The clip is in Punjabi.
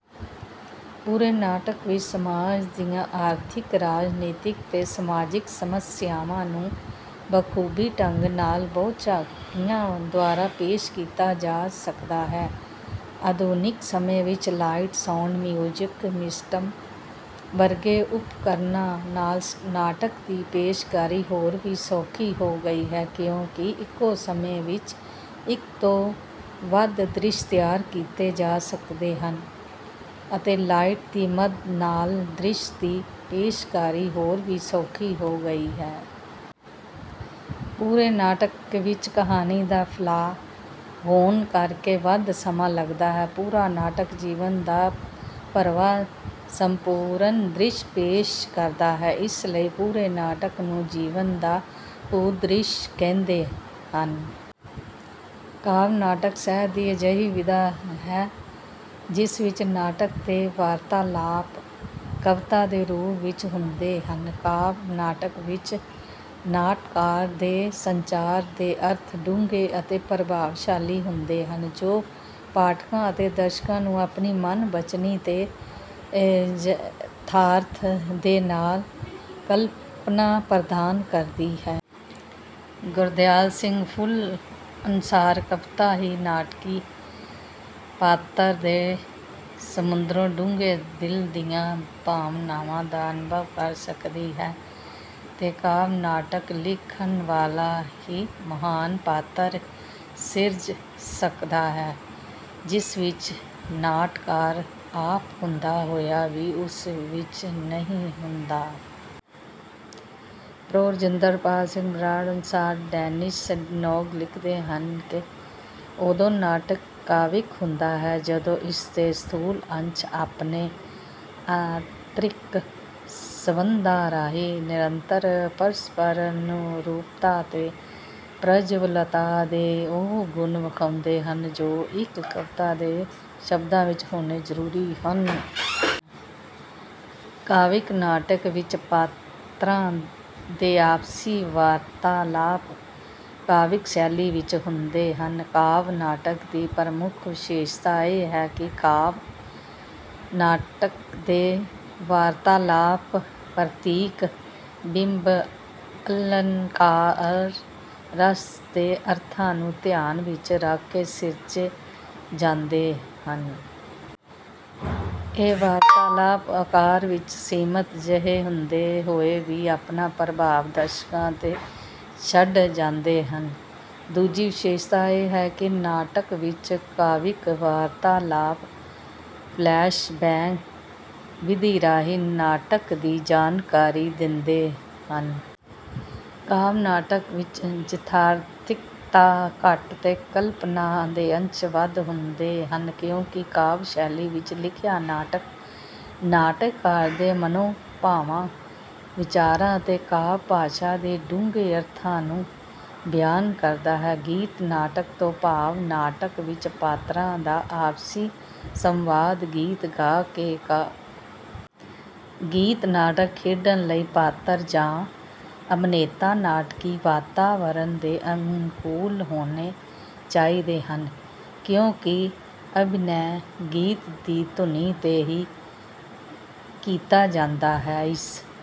ਪੂਰੇ ਨਾਟਕ ਵਿੱਚ ਸਮਾਜ ਦੀਆਂ ਆਰਥਿਕ, ਰਾਜਨੀਤਿਕ ਤੇ ਸਮਾਜਿਕ ਸਮੱਸਿਆਵਾਂ ਨੂੰ ਬਾਖੂਬੀ ਢੰਗ ਨਾਲ ਬਹੁ ਝਾਕੀਆਂ ਦੁਆਰਾ ਪੇਸ਼ ਕੀਤਾ ਜਾ ਸਕਦਾ ਹੈ। ਆਧੁਨਿਕ ਸਮੇਂ ਵਿੱਚ ਲਾਈਟ, ਸਾਊਂਡ, ਮਿਊਜਿਕ ਸਿਸਟਮ ਵਰਗੇ ਉਪਕਰਨਾਂ ਨਾਲ ਨਾਟਕ ਦੀ ਪੇਸ਼ਕਾਰੀ ਹੋਰ ਵੀ ਸੌਖੀ ਹੋ ਗਈ ਹੈ ਕਿਉਂਕਿ ਇੱਕੋ ਸਮੇਂ ਵਿੱਚ ਇੱਕ ਤੋਂ ਵੱਧ ਦ੍ਰਿਸ਼ ਤਿਆਰ ਕੀਤੇ ਜਾ ਸਕਦੇ ਹਨ, ਅਤੇ ਲਾਈਟ ਦੀ ਮਦ ਨਾਲ ਦ੍ਰਿਸ਼ ਦੀ ਪੇਸ਼ਕਾਰੀ ਹੋਰ ਵੀ ਸੌਖੀ ਹੋ ਗਈ ਹੈ। ਪੂਰੇ ਨਾਟਕ ਵਿੱਚ ਕਹਾਣੀ ਦਾ ਫੈਲਾਅ ਹੋਣ ਕਰਕੇ ਵੱਧ ਸਮਾਂ ਲਗਦਾ ਹੈ। ਪੂਰਾ ਨਾਟਕ ਜੀਵਨ ਦਾ ਭਰਵਾਂ ਸੰਪੂਰਨ ਦ੍ਰਿਸ਼ ਪੇਸ਼ ਕਰਦਾ ਹੈ। ਇਸ ਲਈ ਪੂਰੇ ਨਾਟਕ ਨੂੰ ਜੀਵਨ ਦਾ ਭੂ ਦ੍ਰਿਸ਼ ਕਹਿੰਦੇ ਹਨ। ਕਾਵਿ ਨਾਟਕ ਸਾਹਿਤ ਦੀ ਅਜਿਹੀ ਵਿਧਾ ਹੈ, ਜਿਸ ਵਿੱਚ ਨਾਟਕ ਦੇ ਵਾਰਤਾਲਾਪ ਕਵਿਤਾ ਦੇ ਰੂਪ ਵਿੱਚ ਹੁੰਦੇ ਹਨ। ਕਾਵਿ ਨਾਟਕ ਵਿੱਚ ਨਾਟਕਾਰ ਦੇ ਸੰਚਾਰ ਦੇ ਅਰਥ ਡੂੰਘੇ ਅਤੇ ਪ੍ਰਭਾਵਸ਼ਾਲੀ ਹੁੰਦੇ ਹਨ, ਜੋ ਪਾਠਕਾਂ ਅਤੇ ਦਰਸ਼ਕਾਂ ਨੂੰ ਆਪਣੀ ਮਨ ਬਚਨੀ ਤੇ ਯਥਾਰਥ ਦੇ ਨਾਲ ਕਲਪਨਾ ਪ੍ਰਦਾਨ ਕਰਦੀ ਹੈ। ਗੁਰਦਿਆਲ ਸਿੰਘ ਫੁੱਲ ਅਨੁਸਾਰ, ਕਵਿਤਾ ਹੀ ਨਾਟਕੀ ਪਾਤਰ ਦੇ ਸਮੁੰਦਰੋਂ ਡੂੰਘੇ ਦਿਲ ਦੀਆਂ ਭਾਵਨਾਵਾਂ ਦਾ ਅਨੁਭਵ ਕਰ ਸਕਦੀ ਹੈ, ਤੇ ਕਾਵਿ ਨਾਟਕ ਲਿਖਣ ਵਾਲਾ ਹੀ ਮਹਾਨ ਪਾਤਰ ਸਿਰਜ ਸਕਦਾ ਹੈ, ਜਿਸ ਵਿੱਚ ਨਾਟਕਾਰ ਆਪ ਹੁੰਦਾ ਹੋਇਆ ਵੀ ਉਸ ਵਿੱਚ ਨਹੀਂ ਹੁੰਦਾ। ਪ੍ਰੋ ਰਜਿੰਦਰ ਪਾਲ ਸਿੰਘ ਬਰਾੜ ਅਨੁਸਾਰ, ਡੈਨਿਸ ਡਨੌਗ ਲਿਖਦੇ ਹਨ ਕਿ, ਉਦੋਂ ਨਾਟਕ ਕਾਵਿਕ ਹੁੰਦਾ ਹੈ, ਜਦੋਂ ਇਸ ਦੇ ਸਥੂਲ ਅੰਸ਼ ਆਪਣੇ ਆਂਤ੍ਰਿਕ ਸੰਬੰਧਾਂ ਰਾਹੀਂ ਨਿਰੰਤਰ ਪਰਸਪਰ ਅਨੁਰੂਪਤਾ ਤੇ ਪ੍ਰਜਵਲਤਾ ਦੇ ਉਹ ਗੁਣ ਵਿਖਾਉਂਦੇ ਹਨ, ਜੋ ਇੱਕ ਕਵਿਤਾ ਦੇ ਸ਼ਬਦਾਂ ਵਿੱਚ ਹੋਣੇ ਜ਼ਰੂਰੀ ਹਨ। ਕਾਵਿਕ ਨਾਟਕ ਵਿੱਚ ਪਾਤਰਾਂ ਦੇ ਆਪਸੀ ਵਾਰਤਾਲਾਪ ਕਾਵਿਕ ਸ਼ੈਲੀ ਵਿੱਚ ਹੁੰਦੇ ਹਨ। ਕਾਵਿ ਨਾਟਕ ਦੀ ਪ੍ਰਮੁੱਖ ਵਿਸ਼ੇਸ਼ਤਾ ਇਹ ਹੈ, ਕਿ ਕਾਵਿ ਨਾਟਕ ਦੇ ਵਾਰਤਾਲਾਪ ਪ੍ਰਤੀਕ, ਬਿੰਬ, ਅਲੰਕਾਰ, ਰਸ ਤੇ ਅਰਥਾਂ ਨੂੰ ਧਿਆਨ ਵਿੱਚ ਰੱਖ ਕੇ ਸਿਰਜੇ ਜਾਂਦੇ ਹਨ। ਇਹ ਵਾਰਤਾਲਾਪ ਆਕਾਰ ਵਿੱਚ ਸੀਮਤ ਜਿਹੇ ਹੁੰਦੇ ਹੋਏ ਵੀ ਆਪਣਾ ਪ੍ਰਭਾਵ ਦਰਸ਼ਕਾਂ ਤੇ ਛੱਡ ਜਾਂਦੇ ਹਨ। ਦੂਜੀ ਵਿਸ਼ੇਸ਼ਤਾ ਇਹ ਹੈ, ਕਿ ਨਾਟਕ ਵਿੱਚ ਕਾਵਿਕ ਵਾਰਤਾਲਾਪ ਫਲੈਸ਼ ਬੈਕ ਵਿਧੀ ਰਾਹੀਂ ਨਾਟਕ ਦੀ ਜਾਣਕਾਰੀ ਦਿੰਦੇ ਹਨ। ਕਾਵਿ ਨਾਟਕ ਵਿੱਚ ਯਥਾਰਥਿਕਤਾ ਘੱਟ ਤੇ ਕਲਪਨਾ ਦੇ ਅੰਸ਼ ਵੱਧ ਹੁੰਦੇ ਹਨ, ਕਿਉਂਕਿ ਕਾਵਿ ਸ਼ੈਲੀ ਵਿੱਚ ਲਿਖਿਆ ਨਾਟਕ ਨਾਟਕਕਾਰ ਦੇ ਮਨੋਭਾਵਾਂ, ਵਿਚਾਰਾਂ ਅਤੇ ਕਾਵਿ ਭਾਸ਼ਾ ਦੇ ਡੂੰਘੇ ਅਰਥਾਂ ਨੂੰ ਬਿਆਨ ਕਰਦਾ ਹੈ। ਗੀਤ ਨਾਟਕ ਤੋਂ ਭਾਵ ਨਾਟਕ ਵਿੱਚ ਪਾਤਰਾਂ ਦਾ ਆਪਸੀ ਸੰਵਾਦ ਗੀਤ ਗਾ ਕੇ ਕਰਦੇ ਹਨ। ਗੀਤ ਨਾਟਕ ਖੇਡਣ ਲਈ ਪਾਤਰ ਜਾਂ ਅਭਿਨੇਤਾ ਨਾਟਕੀ ਵਾਤਾਵਰਣ ਦੇ ਅਨੁਕੂਲ ਹੋਣੇ ਚਾਹੀਦੇ ਹਨ, ਕਿਉਂਕਿ ਅਭਿਨੈ ਗੀਤ ਦੀ ਧੁਨੀ ਤੇ ਹੀ ਕੀਤਾ ਜਾਂਦਾ ਹੈ। ਇਸ